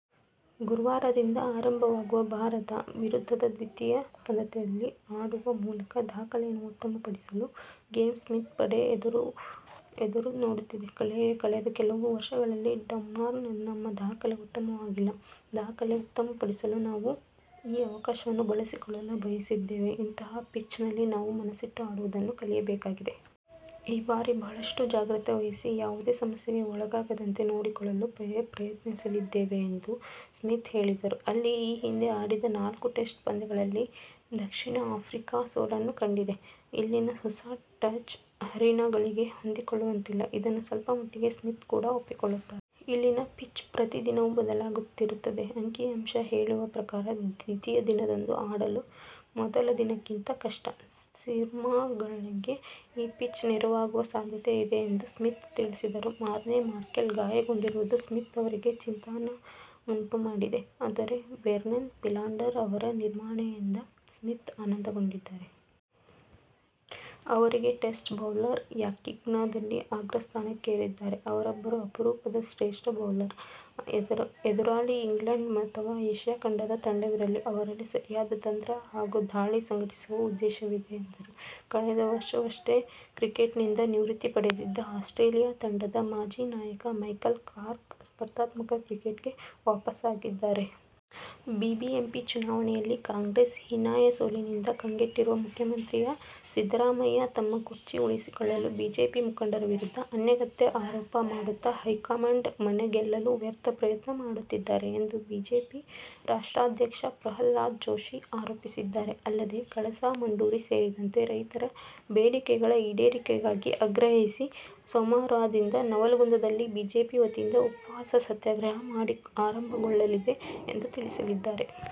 ಗುರುವಾರದಿಂದ ಆರಂಭವಾಗುವ ಭಾರತ ವಿರುದ್ಧದ ದ್ವಿತೀಯ ಪಂದ್ಯದಲ್ಲಿ ಆಡುವ ಮೂಲಕ ದಾಖಲೆಯನ್ನು ಉತ್ತಮಪಡಿಸಲು ಗ್ರೇಮ್ ಸ್ಮಿತ್ ಪಡೆ ಎದುರು ನೋಡುತ್ತಿದೆ. ಕಳೆದ ಕೆಲವು ವರ್ಷಗಳಲ್ಲಿ ಡರ್ಬಾನ್ನಲ್ಲಿ ನಮ್ಮ ದಾಖಲೆ ಉತ್ತಮವಾಗಿಲ್ಲ. ದಾಖಲೆ ಉತ್ತಮಪಡಿಸಲು ನಾವು ಈ ಅವಕಾಶವನ್ನು ಬಳಸಿಕೊಳ್ಳಲು ಬಯಸಿದ್ದೇವೆ. ಇಂತಹ ಪಿಚ್ನಲ್ಲಿ ನಾವು ಮನಸ್ಸಿಟ್ಟು ಆಡುವುದನ್ನು ಕಲಿಯಬೇಕಾಗಿದೆ. ಈ ಬಾರಿ ಬಹಳಷ್ಟು ಜಾಗ್ರತೆ ವಹಿಸಿ ಯಾವುದೇ ಸಮಸ್ಯೆಗೆ ಒಳಗಾಗದಂತೆ ನೋಡಿಕೊಳ್ಳಲು ಪ್ರಯತ್ನಿಸಲಿದ್ದೇವೆ ಎಂದು ಸ್ಮಿತ್ ಹೇಳಿದರು. ಇಲ್ಲಿ ಈ ಹಿಂದೆ ಆಡಿದ ನಾಲ್ಕು ಟೆಸ್ಟ್ ಪಂದ್ಯಗಳಲ್ಲಿ ದಕ್ಷಿಣ ಆಫ್ರಿಕಾ ಸೋಲನ್ನು ಕಂಡಿದೆ. ಇಲ್ಲಿನ ಹೊಸ ಪಿಚ್ ಹರಿಣಗಳಿಗೆ ಹೊಂದಿಕೊಳ್ಳುತ್ತಿಲ್ಲ. ಇದನ್ನು ಸ್ವಲ್ಪಮಟ್ಟಿಗೆ ಸ್ಮಿತ್ ಕೂಡ ಒಪ್ಪಿಕೊಳ್ಳುತ್ತಾರೆ. ಇಲ್ಲಿನ ಪಿಚ್ ಪ್ರತಿ ದಿನವೂ ಬದಲಾಗುತ್ತಿರುತ್ತದೆ. ಅಂಕಿಅಂಶ ಹೇಳುವ ಪ್ರಕಾರ ದ್ವಿತೀಯ ದಿನದಂದು ಆಡಲು ಮೊದಲ ದಿನಕ್ಕಿಂತ ಕಷ್ಟ. ಸೀಮರ್ಗಳಿಗೆ ಈ ಪಿಚ್ ನೆರವಾಗುವ ಸಾಧ್ಯತೆಯಿದೆ ಎಂದು ಸ್ಮಿತ್ ತಿಳಿಸಿದರು. ಮಾರ್ನೆ ಮಾರ್ಕೆಲ್ ಗಾಯಗೊಂಡಿರುವುದು ಸ್ಮಿತ್ ಅವರಿಗೆ ಚಿಂತೆಯನ್ನುಂಟುಮಾಡಿದೆ. ಆದರೆ ವೆರ್ನನ್ ಫಿಲಾಂಡರ್ ಅವರ ನಿರ್ವಹಣೆಯಿಂದ ಸ್ಮಿತ್ ಆನಂದಗೊಂಡಿದ್ದಾರೆ. ಅವರೀಗ ಟೆಸ್ಟ್ ಬೌಲರ್ ರ್ಯಾಂಕಿಂಗ್ನಲ್ಲಿ ಅಗ್ರಸ್ಥಾನಕ್ಕೇರಿದ್ದಾರೆ. ಅವರೊಬ್ಬ ಅಪರೂಪದ ಶ್ರೇಷ್ಠ ಬೌಲರ್. ಎದುರಾಳಿ ಇಂಗ್ಲಂಡ್ ಅಥವಾ ಏಶ್ಯ ಖಂಡದ ತಂಡವಿರಲಿ ಅವರಲ್ಲಿ ಸರಿಯಾದ ತಂತ್ರ ಹಾಗೂ ದಾಳಿ ಸಂಘಟಿಸುವ ಉದ್ದೇಶವಿದೆ ಎಂದರು. ಕಳೆದ ವರ್ಷವಷ್ಟೇ ಕ್ರಿಕೆಟ್ನಿಂದ ನಿವೃತ್ತಿ ಪಡೆದಿದ್ದ ಆಸ್ಟ್ರೇಲಿಯ ತಂಡದ ಮಾಜಿ ನಾಯಕ ಮೈಕಲ್ ಕ್ಲಾರ್ಕ್ ಸ್ಪರ್ಧಾತ್ಮಕ ಕ್ರಿಕೆಟ್ಗೆ ವಾಪಸಾಗಿದ್ದಾರೆ. ಬಿಬಿಎಂಪಿ ಚುನಾವಣೆಯಲ್ಲಿ ಕಾಂಗ್ರೆಸ್ನ ಹೀನಾಯ ಸೋಲಿನಿಂದ ಕಂಗೆಟ್ಟಿರುವ ಮುಖ್ಯಮಂತ್ರಿ ಸಿದ್ದರಾಮಯ್ಯ ತಮ್ಮ ಕುರ್ಚಿ ಉಳಿಸಿಕೊಳ್ಳಲು ಬಿಜೆಪಿ ಮುಖಂಡರ ವಿರುದ್ಧ ಅನಗತ್ಯ ಆರೋಪ ಮಾಡುತ್ತ ಹೈಕಮಾಂಡ್ ಮನಗೆಲ್ಲಲು ವ್ಯರ್ಥ ಪ್ರಯತ್ನ ಮಾಡುತ್ತಿದ್ದಾರೆ ಎಂದು ಬಿಜೆಪಿ ರಾಜ್ಯಾಧ್ಯಕ್ಷ ಪ್ರಹ್ಲಾದ ಜೋಶಿ ಆರೋಪಿಸಿದ್ದಾರೆ. ಅಲ್ಲದೆ, ಕಳಸಾ-ಬಂಡೂರಿ ಸೇರಿದಂತೆ ರೈತರ ಬೇಡಿಕೆಗಳ ಈಡೇರಿಕೆಗೆ ಆಗ್ರಹಿಸಿ ಸೋಮವಾರದಿಂದ ನವಲಗುಂದದಲ್ಲಿ ಬಿಜೆಪಿ ವತಿಯಿಂದ ಉಪವಾಸ ಸತ್ಯಾಗ್ರಹ ಆರಂಭಗೊಳ್ಳಲಿದೆ ಎಂದು ತಿಳಿಸಿದ್ದಾರೆ.